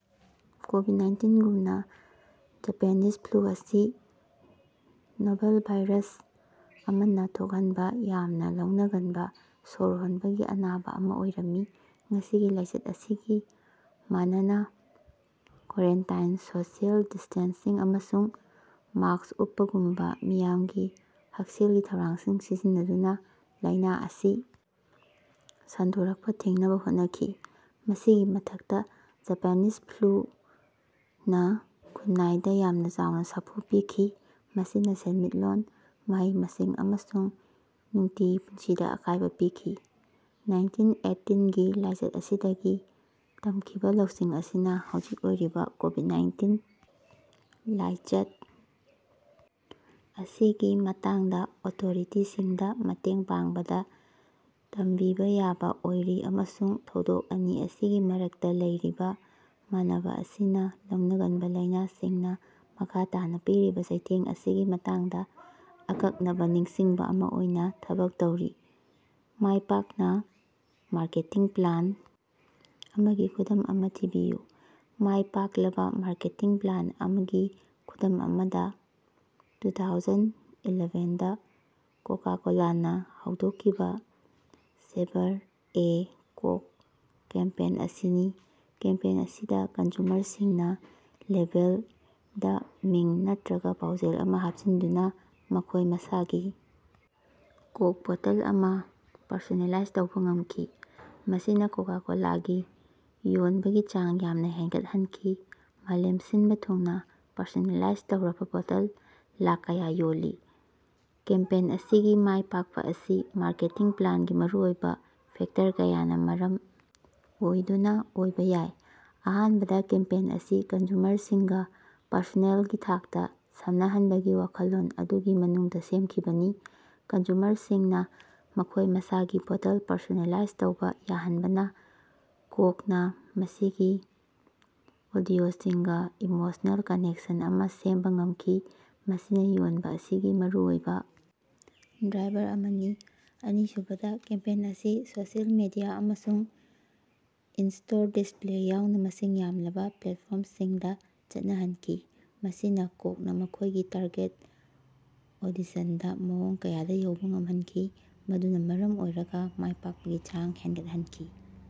Covid nineteen ꯒꯨꯝꯅꯥ Japanese flu ꯑꯁꯤ novel virus ꯑꯃꯥꯅꯥ ꯊꯣꯛꯍꯟꯕꯥ ꯌꯥꯝꯅꯥ ꯂꯧꯅꯒꯟꯕꯥ ꯁꯣꯔ ꯍꯣꯟꯕꯒ ꯑꯅꯥꯕꯥ ꯑꯃꯥ ꯑꯣꯏꯔꯝꯃꯤ꯫ ꯉꯁꯤꯒꯤ ꯂꯥꯏꯆꯠ ꯑꯁꯤꯒꯥ ꯃꯥꯟꯅꯅꯥ ꯀꯣꯔꯦꯟꯇꯥꯏꯟ ꯁꯣꯁꯤꯌꯦꯜ ꯗꯤꯁ꯭ꯇꯦꯟꯁꯤꯡ ꯑꯃꯁꯨꯡ ꯃꯥꯁꯛ ꯎꯞꯄꯒꯨꯝꯕꯥ ꯃꯤꯌꯥꯝꯒꯤ ꯍꯛꯁꯦꯜꯒꯤ ꯊꯧꯔꯥꯡꯁꯤꯡ ꯁꯤꯖꯤꯟꯅꯗꯨꯅꯥ ꯂꯥꯏꯅꯥ ꯑꯁꯤ ꯁꯟꯗꯣꯔꯛꯄꯥ ꯊꯤꯡꯅꯕꯥ ꯍꯣꯠꯅꯈꯤ꯫ ꯃꯁꯤꯒꯤ ꯃꯊꯛꯇꯥ ꯖꯄꯦꯅꯤꯁ ꯐ꯭ꯂꯨꯅꯥ ꯈꯨꯟꯅꯥꯏꯗꯥ ꯌꯥꯝꯅꯥ ꯆꯥꯎꯅꯥ ꯁꯥꯐꯨ ꯄꯤꯈꯤ ꯃꯁꯤꯅꯥ ꯁꯦꯟꯃꯤꯠꯂꯣꯟ ꯃꯍꯩ-ꯃꯁꯤꯡ ꯑꯃꯁꯨꯡ ꯅꯨꯡꯇꯤꯒꯤ ꯄꯨꯟꯁꯤꯗꯥ ꯑꯀꯥꯏꯕꯥ ꯄꯤꯈꯤ꯫ ꯅꯥꯏꯟꯇꯤꯟ ꯑꯦꯠꯇꯤꯟ ꯒꯤ ꯂꯥꯏꯆꯠ ꯑꯁꯤꯗꯒꯤ ꯇꯃꯈꯤꯕꯥ ꯂꯧꯁꯤꯡ ꯑꯁꯤꯅꯥ ꯍꯧꯖꯤꯛ ꯑꯣꯏꯔꯤꯕꯥ ꯀꯣꯕꯤꯠ ꯅꯥꯏꯟꯇꯤꯟ ꯂꯥꯏꯆꯠ ꯑꯁꯤꯒꯤ ꯃꯇꯥꯡꯗꯥ ꯑꯣꯊꯣꯔꯤꯇꯤꯁꯤꯡꯗꯥ ꯃꯇꯦꯡ ꯄꯥꯡꯕꯗ ꯇꯝꯕꯤꯕꯥ ꯌꯥꯕꯥ ꯑꯣꯏꯔꯤ ꯑꯃꯁꯨꯡ ꯊꯧꯗꯣꯛ ꯑꯅꯤ ꯑꯁꯤꯒꯤ ꯃꯔꯛꯇꯥ ꯂꯩꯔꯤꯕ ꯃꯥꯟꯅꯕ ꯑꯁꯤꯅꯥ ꯂꯧꯅꯒꯟꯕ ꯂꯩꯅꯥꯁꯤꯡꯅꯥ ꯃꯈꯥ ꯇꯥꯅꯥ ꯄꯤꯔꯤꯕꯥ ꯆꯩꯊꯦꯡ ꯑꯁꯤꯒꯤ ꯃꯇꯥꯡꯗꯥ ꯑꯀꯛꯅꯕꯥ ꯅꯤꯡꯁꯤꯡꯕꯥ ꯑꯃꯥ ꯑꯣꯏꯅ ꯊꯕꯛ ꯇꯧꯔꯤ꯫ ꯃꯥꯏꯄꯥꯛꯅꯥ ꯃꯥꯔꯀꯦꯇꯤꯡ ꯄ꯭ꯂꯥꯟ ꯑꯃꯒꯤ ꯈꯨꯗꯝ ꯑꯃ ꯊꯤꯕꯤꯌꯨ꯫ ꯃꯥꯏ ꯄꯥꯛꯂꯕꯥ ꯃꯥꯔꯀꯦꯇꯤꯡ ꯄ꯭ꯂꯥꯟ ꯑꯃꯥꯒꯤ ꯈꯨꯗꯝ ꯑꯃꯥꯗ ꯇꯨꯊꯥꯎꯖꯟ ꯏꯂꯥꯕꯦꯟ ꯗꯥ ꯀꯣꯀꯥ ꯀꯣꯂꯥꯅ ꯍꯧꯗꯣꯛꯈꯤꯕ ꯁꯦꯕꯔ ꯑꯦ ꯀꯣꯛ ꯀꯦꯝꯄꯦꯟ ꯑꯁꯤꯅꯤ ꯀꯦꯝꯄꯦꯟ ꯑꯁꯤꯗ ꯀꯟꯖꯨꯃꯔꯁꯤꯡꯅ ꯂꯦꯕꯦꯜꯗ ꯃꯤꯡ ꯅꯠꯇ꯭ꯔꯥꯒ ꯄꯥꯎꯖꯦꯜ ꯑꯃ ꯍꯥꯞꯆꯤꯟꯗꯨꯅ ꯃꯈꯣꯏ ꯃꯁꯥꯒꯤ ꯀꯣꯛ ꯕꯣꯇꯜ ꯑꯃ ꯄꯔꯁꯣꯅꯦꯂꯥꯏꯖ ꯇꯧꯕ ꯉꯝꯈꯤ꯫ ꯃꯁꯤꯅ ꯀꯣꯀꯥ ꯀꯣꯂꯥꯒꯤ ꯌꯣꯟꯕꯒꯤ ꯆꯥꯡ ꯌꯥꯝꯅ ꯍꯦꯟꯒꯠꯍꯟꯈꯤ ꯃꯥꯂꯦꯝ ꯁꯤꯟꯕ ꯊꯨꯡꯅ ꯄꯔꯁꯣꯅꯦꯂꯥꯏꯖ ꯇꯧꯔꯕ ꯕꯣꯇꯜ ꯂꯥꯛ ꯀꯌꯥ ꯌꯣꯜꯂꯤ꯫ ꯀꯦꯝꯄꯦꯟ ꯑꯁꯤꯒꯤ ꯃꯥꯏ ꯄꯥꯛꯄ ꯑꯁꯤ ꯃꯥꯔꯀꯦꯇꯤꯡ ꯄ꯭ꯂꯥꯟꯒꯤ ꯃꯔꯨꯑꯣꯏꯕ ꯐꯦꯛꯇꯔ ꯀꯌꯥꯅ ꯃꯔꯝ ꯑꯣꯏꯗꯨꯅ ꯑꯣꯏꯕ ꯌꯥꯏ꯫ ꯑꯍꯥꯟꯕꯗ ꯀꯦꯝꯄꯦꯟ ꯑꯁꯤ ꯀꯟꯖꯨꯃꯔꯁꯤꯡꯒ ꯄꯔꯁꯣꯅꯦꯜꯒꯤ ꯊꯥꯛꯇ ꯁꯝꯅꯍꯟꯕꯒꯤ ꯋꯥꯈꯜꯂꯣꯟ ꯑꯗꯨꯒꯤ ꯃꯅꯨꯡꯗ ꯁꯦꯝꯈꯤꯕꯅꯤ꯫ ꯀꯟꯖꯨꯃꯔꯁꯤꯡꯅ ꯃꯈꯣꯏ ꯃꯁꯥꯒꯤ ꯕꯣꯇꯜ ꯄꯔꯁꯣꯅꯦꯂꯥꯏꯖ ꯇꯧꯕ ꯌꯥꯍꯟꯕꯅ ꯀꯣꯛꯅ ꯃꯁꯤꯒꯤ ꯑꯣꯗꯤꯑꯣꯁꯤꯡꯒ ꯏꯃꯣꯁꯅꯦꯜ ꯀꯅꯦꯛꯁꯟ ꯑꯃꯥ ꯁꯦꯝꯕꯥ ꯉꯝꯈꯤ ꯃꯁꯤꯅ ꯌꯣꯟꯕ ꯑꯁꯤꯒꯤ ꯃꯔꯨꯑꯣꯏꯕ ꯗ꯭ꯔꯥꯏꯕꯔ ꯑꯃꯅꯤ꯫ ꯑꯅꯤꯁꯨꯕꯗ ꯀꯦꯝꯄꯦꯟ ꯑꯁꯤ ꯁꯣꯁꯤꯑꯦꯜ ꯃꯦꯗꯤꯌ ꯑꯃꯁꯨꯡ ꯏꯟꯁꯇꯣꯔ ꯗꯤꯁꯄꯂꯦ ꯌꯥꯎꯅ ꯃꯁꯤꯡ ꯌꯥꯝꯂꯕ ꯄ꯭ꯂꯦꯠꯐꯣꯔꯝꯁꯤꯡꯗ ꯆꯠꯅꯍꯟꯈꯤ꯫ ꯃꯁꯤꯅ ꯀꯣꯛꯅ ꯃꯈꯣꯏꯒꯤ ꯇꯥꯔꯒꯦꯠ ꯑꯣꯗꯤꯁꯟꯗ ꯃꯑꯣꯡ ꯀꯌꯥꯗ ꯌꯧꯕ ꯉꯝꯍꯟꯈꯤ ꯃꯗꯨꯅ ꯃꯔꯝ ꯑꯣꯏꯔꯒ ꯃꯥꯏꯄꯥꯛꯄꯒꯤ ꯆꯥꯡ ꯍꯦꯟꯒꯠꯍꯟꯈꯤ꯫